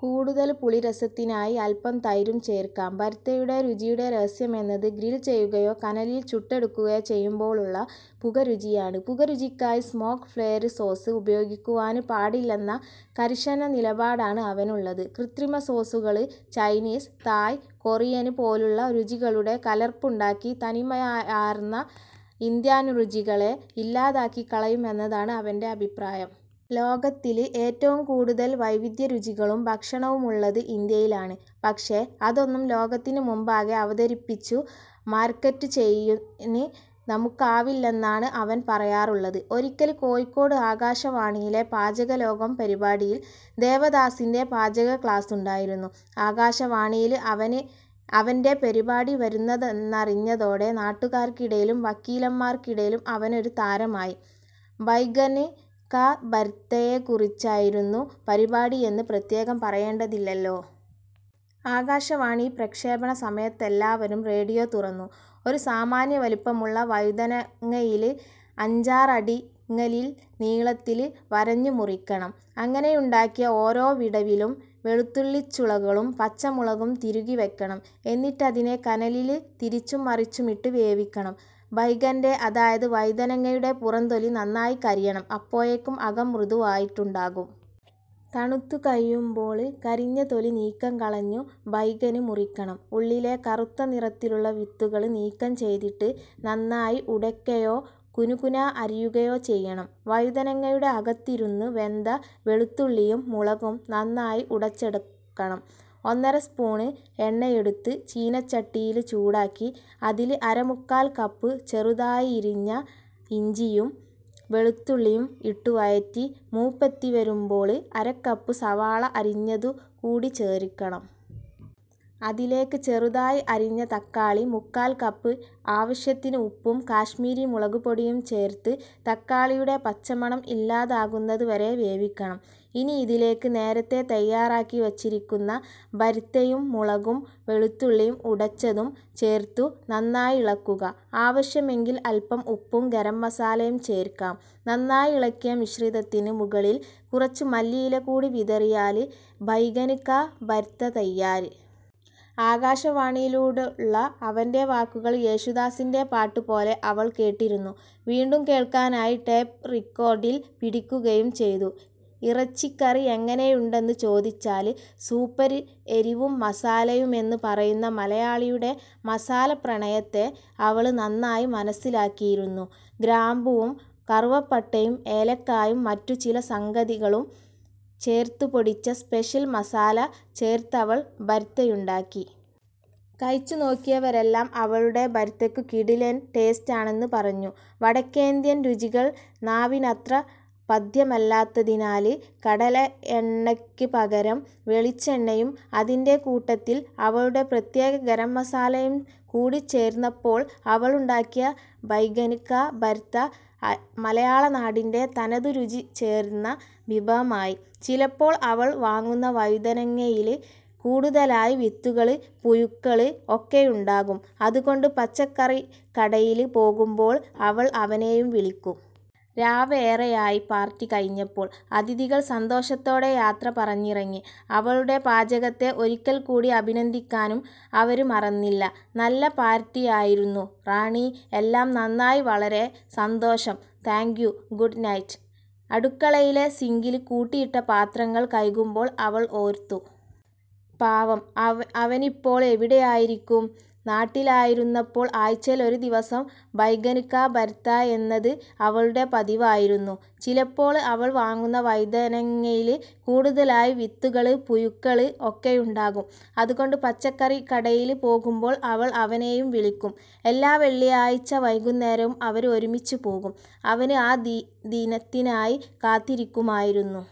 കൂടുതല് പുളിരസത്തിനായി അല്പം തൈരും ചേര്ക്കാം. ബര്ത്തയുടെ രുചിയുടെ രഹസ്യമെന്നത് ഗ്രില്ചെയ്യുകയോ കനലില് ചുട്ടെടുക്കുകയോ ചെയ്യുമ്പോളുള്ള പുകരുചിയാണ്. പുകരുചിക്കായി 'സ്മോക്ക് ഫ്ലേവര് സോസ്' ഉപയോഗിക്കുവാന് പാടില്ലെന്ന കര്ശനനിലപാടാണ് അവനുള്ളത്. കൃത്രിമസോസുകള് ചൈനീസ്, തായ്, കൊറിയന് പോലുള്ള രുചികളുടെ കലര്പ്പുണ്ടാക്കി തനിമയാര്ന്ന ഇന്ത്യന്രുചികളെ ഇല്ലാതാക്കികളയുമെന്നതാണ് അവന്റെ അഭിപ്രായം. ലോകത്തില് ഏറ്റവുംകൂടുതല് വൈവിധ്യരുചികളും ഭക്ഷണവുമുള്ളത് ഇന്ത്യയിലാണ് പക്ഷെ അതൊന്നും ലോകത്തിനു മുമ്പാകെ അവതരിപ്പിച്ചു മാര്ക്കറ്റുചെയ്യാന് നമുക്കാവുന്നില്ലെന്നാണ് അവന് പറയാറുള്ളത്. ഒരിക്കല് കോഴിക്കോട് ആകാശവാണിയിലെ 'പാചകലോകം' പരിപാടിയില് ദേവദാസിന്റെ പാചക ക്ലാസ്സുണ്ടായിരുന്നു. ആകാശവാണിയില് അവന്റെ പരിപാടി വരുന്നുവെന്നറിഞ്ഞതോടെ നാട്ടുകാര്ക്കിടയിലും വക്കീലമ്മാര്ക്കിടയിലും അവനൊരു താരമായി. 'ബൈഗന് കാ ബര്ത്ത'യെക്കുറിച്ചായിരുന്നു പരിപാടിയെന്നു പ്രത്യേകം പറയേണ്ടതില്ലല്ലോ? ആകാശവാണി പ്രക്ഷേപണ സമയത്തെല്ലാവരും റേഡിയോ തുറന്നു. ''..... ഒരു സാമാന്യ വലിപ്പമുള്ള വഴുതനങ്ങയില് അഞ്ചാറിടങ്ങളില് നീളത്തില് വരഞ്ഞു മുറിക്കണം. അങ്ങനെയുണ്ടാക്കിയ ഓരോ വിടവിലും വെളുത്തുള്ളിച്ചുളകളും പച്ചമുളകും തിരുകിവയ്ക്കണം. എന്നിട്ടതിനെ കനലില് തിരിച്ചുംമറിച്ചുമിട്ടു വേവിക്കണം. ബൈഗന്റെ, അതായത് വഴുതനങ്ങയുടെ പുറംതൊലി നന്നായി കരിയണം. അപ്പോഴേക്കും അകം മൃദുവായിട്ടുണ്ടാകും. തണുത്തുകഴിയുമ്പോള് കരിഞ്ഞ തൊലിനീക്കികളഞ്ഞു ബൈഗന് മുറിക്കണം. ഉള്ളിലെ കറുത്തനിറത്തിലുള്ള വിത്തുകള് നീക്കംചെയ്തിട്ട് നന്നായി ഉടയ്ക്കയോ കുനുകുനാന്നു അരിയുകയോ ചെയ്യണം. വഴുതനങ്ങയുടെ അകത്തിരുന്നു വെന്ത വെളുത്തുള്ളിയും മുളകും നന്നായി ഉടച്ചെടുക്കണം. ഒന്നര സ്പൂണ് എണ്ണയെടുത്തു ചീനച്ചട്ടിയില് ചൂടാക്കി, അതില് അരമുക്കാല് കപ്പു ചെറുതായരിഞ്ഞ ഇഞ്ചിയും വെളുത്തുള്ളിയും ഇട്ടുവഴറ്റി മൂപ്പെത്തിവരുമ്പോള് അരക്കപ്പു സവോള അരിഞ്ഞതുകൂടി ചേര്ക്കണം. അതിലേക്ക് ചെറുതായി അരിഞ്ഞ തക്കാളി മുക്കാല്കപ്പ്, ആവശ്യത്തിനു ഉപ്പും കശ്മീരി മുളകുപൊടിയും ചേര്ത്തു തക്കാളിയുടെ പച്ചമണം ഇല്ലാതാകുന്നതുവരെ വേവിക്കണം. ഇനി ഇതിലേക്ക് നേരത്തെ തയ്യാറാക്കി വച്ചിരിക്കുന്ന ബര്ത്തയും മുളകും വെളുത്തുള്ളിയും ഉടച്ചതും ചേര്ത്തു നന്നായിളക്കുക. ആവശ്യമെങ്കില് അല്പം ഉപ്പും ഗരംമസാലയും ചേര്ക്കാം. നന്നായിളക്കിയ മിശ്രിതത്തിന് മുകളില് കുറച്ചു മല്ലിയില കൂടി വിതറിയാല് ബൈഗന് കാ ബര്ത്ത തയ്യാര്. '' ആകാശവാണിയിലൂടുള്ള അവന്റെ വാക്കുകള് യേശുദാസിന്റെ പാട്ടുപോലെ അവള് കേട്ടിരിന്നു. വീണ്ടും കേള്ക്കാനായി ടേപ്പ് റിക്കോര്ഡില് പിടിക്കുകയും ചെയ്തു. ഇറച്ചിക്കറി എങ്ങനെയുണ്ടെന്നു ചോദിച്ചാല് 'സൂപ്പര് എരിവും മസാലയു'മെന്നു പറയുന്ന മലയാളിയുടെ മസാല പ്രണയത്തെ അവള് നന്നായി മനസ്സിലാക്കിയിരുന്നു. ഗ്രാമ്പുവും കറുവപ്പട്ടയും ഏലക്കായും മറ്റുചിലസംഗതികളും ചേര്ത്തുപൊടിച്ച 'സ്പെഷ്യല് മസാല' ചേര്ത്തവള് ബര്ത്തയുണ്ടാക്കി. കഴിച്ചുനോക്കിയവരെല്ലാം അവളുടെ ബര്ത്തക്കു 'കിടിലന് ടേസ്റ്റെന്നു' പറഞ്ഞു. വടക്കേയിന്ത്യന് രുചികള് നാവിനത്ര പഥ്യമല്ലാത്തതിനാല് കടലയെണ്ണയ്ക്ക് പകരം വെളിച്ചെണ്ണയും അതിന്റെ കൂട്ടത്തില് അവളുടെ പ്രത്യേക ഗരംമസാലയും കൂടിച്ചേര്ന്നപ്പോള് അവളുണ്ടാക്കിയ ബൈഗന് കാ ബര്ത്ത മലയാളനാടിന്റെ തനതു രുചിചേര്ന്ന വിഭവമായി. ചിലപ്പോള് അവള് വാങ്ങുന്ന വഴുതനങ്ങയില് കൂടുതലായി വിത്തുകള്, പുഴുക്കള് ഒക്കെയുണ്ടാകും അതുകൊണ്ട് പച്ചക്കറികടയില് പോകുമ്പോള് അവള് അവനെയും വിളിക്കും. രാവേറെയായി പാര്ട്ടി കഴിഞ്ഞപ്പോള്. അതിഥികള് സന്തോഷത്തോടെ യാത്ര പറഞ്ഞിറങ്ങി. അവളുടെ പാചകത്തെ ഒരിക്കല് കൂടി അഭിനന്ദിക്കാനും അവര് മറന്നില്ല 'നല്ല പാര്ട്ടിയായിരുന്നു, റാണി. എല്ലാം നന്നായി, വളരെ സന്തോഷം'' 'thank you'' 'good night'' ''good night'' അടുക്കളയിലെ സിങ്കില് കൂട്ടിയിട്ട പാത്രങ്ങള് കഴുകുമ്പോള് അവള് ഓര്ത്തു. 'പാവം. അവനിപ്പോള് എവിടെയായിരിക്കും? ' നാട്ടിലായിരുന്നപ്പോള് ആഴ്ചയിലൊരു ദിവസം 'ബൈഗന് കാ ബര്ത്താ'യെന്നത് അവളുടെ പതിവായിരുന്നു. ചിലപ്പോള് അവള് വാങ്ങുന്ന വഴുതനങ്ങയില് കൂടുതലായി വിത്തുകള്, പുഴുക്കള് ഒക്കെയുണ്ടാകും അതുകൊണ്ട് പച്ചക്കറികടയില് പോകുമ്പോള് അവള് അവനെയും വിളിക്കും. എല്ലാ വെള്ളിയാഴ്ച വൈകുന്നേരവും അവര് ഒരുമിച്ചുപോകും. അവന് ആ ദിനത്തിനായി കാത്തിരിക്കുമായിരുന്നു.